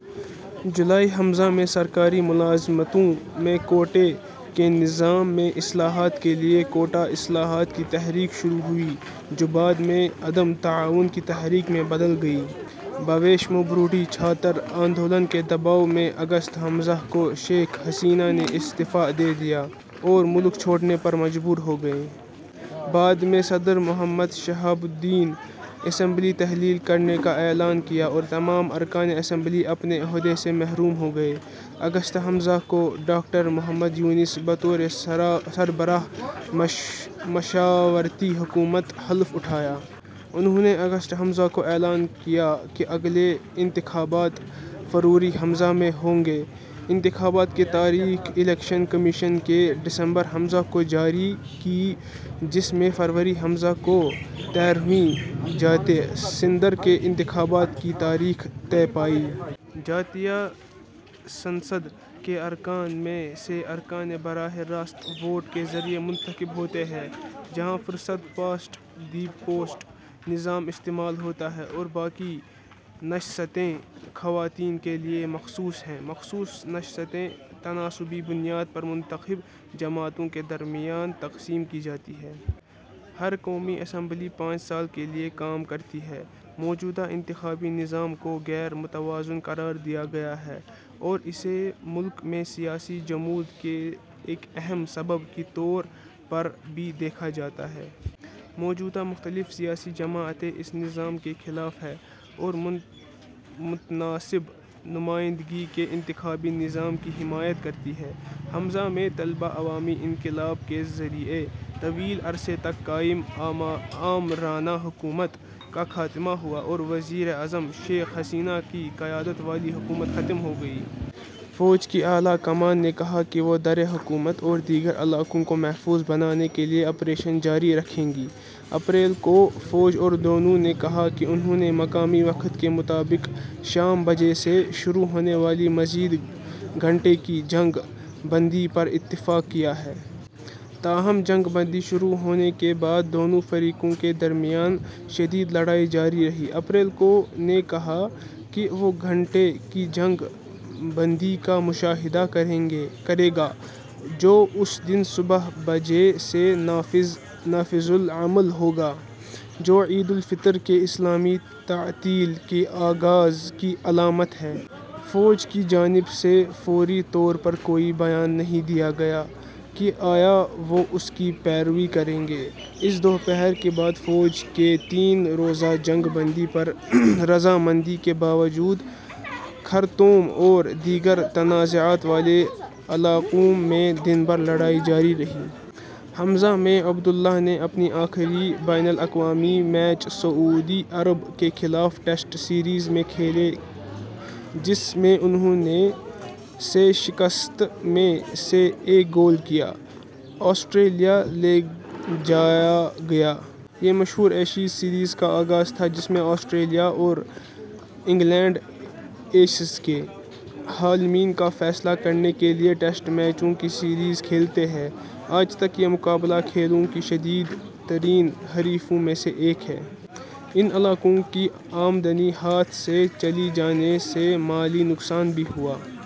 جولائی ء میں سرکاری ملازمتوں میں کوٹے کے نظام میں اصلاحات کے لیے کوٹا اصلاحات کی تحریک شروع ہوئی جو بعد میں عدم تعاون کی تحریک میں بدل گئی۔ بوئیشموبرودھی چھاتر آندولن کے دباؤ میں اگست ء کو شیخ حسینہ نے استعفا دے دیا اور ملک چھوڑنے پر مجبور ہوگئیں۔ بعد میں صدر محمد شہاب الدین اسمبلی تحلیل کرنے کا اعلان کیا اور تمام ارکان اسمبلی اپنے عہدے سے محروم ہو گئے۔ اگست ء کو ڈاکٹر محمد یونس بطور سربراہ مشاورتی حکومت حلف اٹھائا۔ انھوں نے اگست ء کو اعلان کیا کہ اگلے انتخابات فروری ء میں ہوں گے۔ انتخابات کی تاریخ الیکشن کمیشن نے دسمبر ء کو جاری کی جس میں فروری ء کو تیرھویں جاتیہ سنسد کے انتخابات کی تاریخ طے پائی۔ جاتیہ سنسد کے ارکان میں سے ارکان براہِ راست ووٹ کے ذریعے منتخب ہوتے ہیں، جہاں 'فرسٹ پاسٹ دی پوسٹ' نظام استعمال ہوتا ہے اور باقی نشستیں خواتین کے لیے مخصوص ہیں۔ مخصوص نشستیں تناسبی بنیاد پر منتخب جماعتوں کے درمیان تقسیم کی جاتی ہیں۔ ہر قومی اسمبلی پانچ سال کے لیے کام کرتی ہے۔ موجودہ انتخابی نظام کو غیر متوازن قرار دیا گیا ہے اور اسے ملک میں سیاسی جمود کے ایک اہم سبب کے طور پر بھی دیکھا جاتا ہے۔ موجودہ مختلف سیاسی جماعتیں اس نظام کے خلاف ہیں اور متناسب نمائندگی کے انتخابی نظام کی حمایت کرتی ہیں۔ ء میں طلبہ عوامی انقلاب کے ذریعے طویل عرصے تک قائم آمرانہ حکومت کا خاتمہ ہوا اور وزیر اعظم شیخ حسینہ کی قیادت والی حکومت ختم ہو گئی۔ فوج کی اعلیٰ کمان نے کہا کہ وہ دار الحکومت اور دیگر علاقوں کو محفوظ بنانے کے لیے آپریشن جاری رکھے گی۔ اپریل کو، فوج اور دونوں نے کہا کہ انھوں نے مقامی وقت کے مطابق شام بجے سے شروع ہونے والی مزید گھنٹے کی جنگ بندی پر اتفاق کیا ہے۔ تاہم، جنگ بندی شروع ہونے کے بعد دونوں فریقوں کے درمیان شدید لڑائی جاری رہی۔ اپریل کو، نے کہا کہ وہ گھنٹے کی جنگ بندی کا مشاہدہ کرے گا جو اس دن صبح بجے سے نافذ العمل ہو گا، جو عید الفطر کی اسلامی تعطیل کے آغاز کی علامت ہے۔ فوج کی جانب سے فوری طور پر کوئی بیان نہیں دیا گیا کہ آیا وہ اس کی پیروی کرے گی۔ اس دوپہر کے بعد فوج کے تین روزہ جنگ بندی پر رضامندی کے باوجود خرطوم اور دیگر تنازعات والے علاقوں میں دن بھر لڑائی جاری رہی۔ ء میں عبد اللہ نے اپنے آخری بین الاقوامی میچ سعودی عرب کے خلاف ٹیسٹ سیریز میں کھیلے جس میں انھوں نے - سے شکست میں سے ایک گول کیا۔ آسٹریلیا لے جایا گیا۔ " یہ مشہور ایشیز سیریز کا آغاز تھا جس میں آسٹریلیا اور انگلینڈ ایشز کے حاملین کا فیصلہ کرنے کے لیے ٹیسٹ میچوں کی سیریز کھیلتے ہیں۔ آج تک، یہ مقابلہ کھیلوں کی شدید ترین حریفوں میں سے ایک ہے۔ ان علاقوں کی آمدنی ہاتھ سے چلی جانے سے مالی نقصان بھی ہوا۔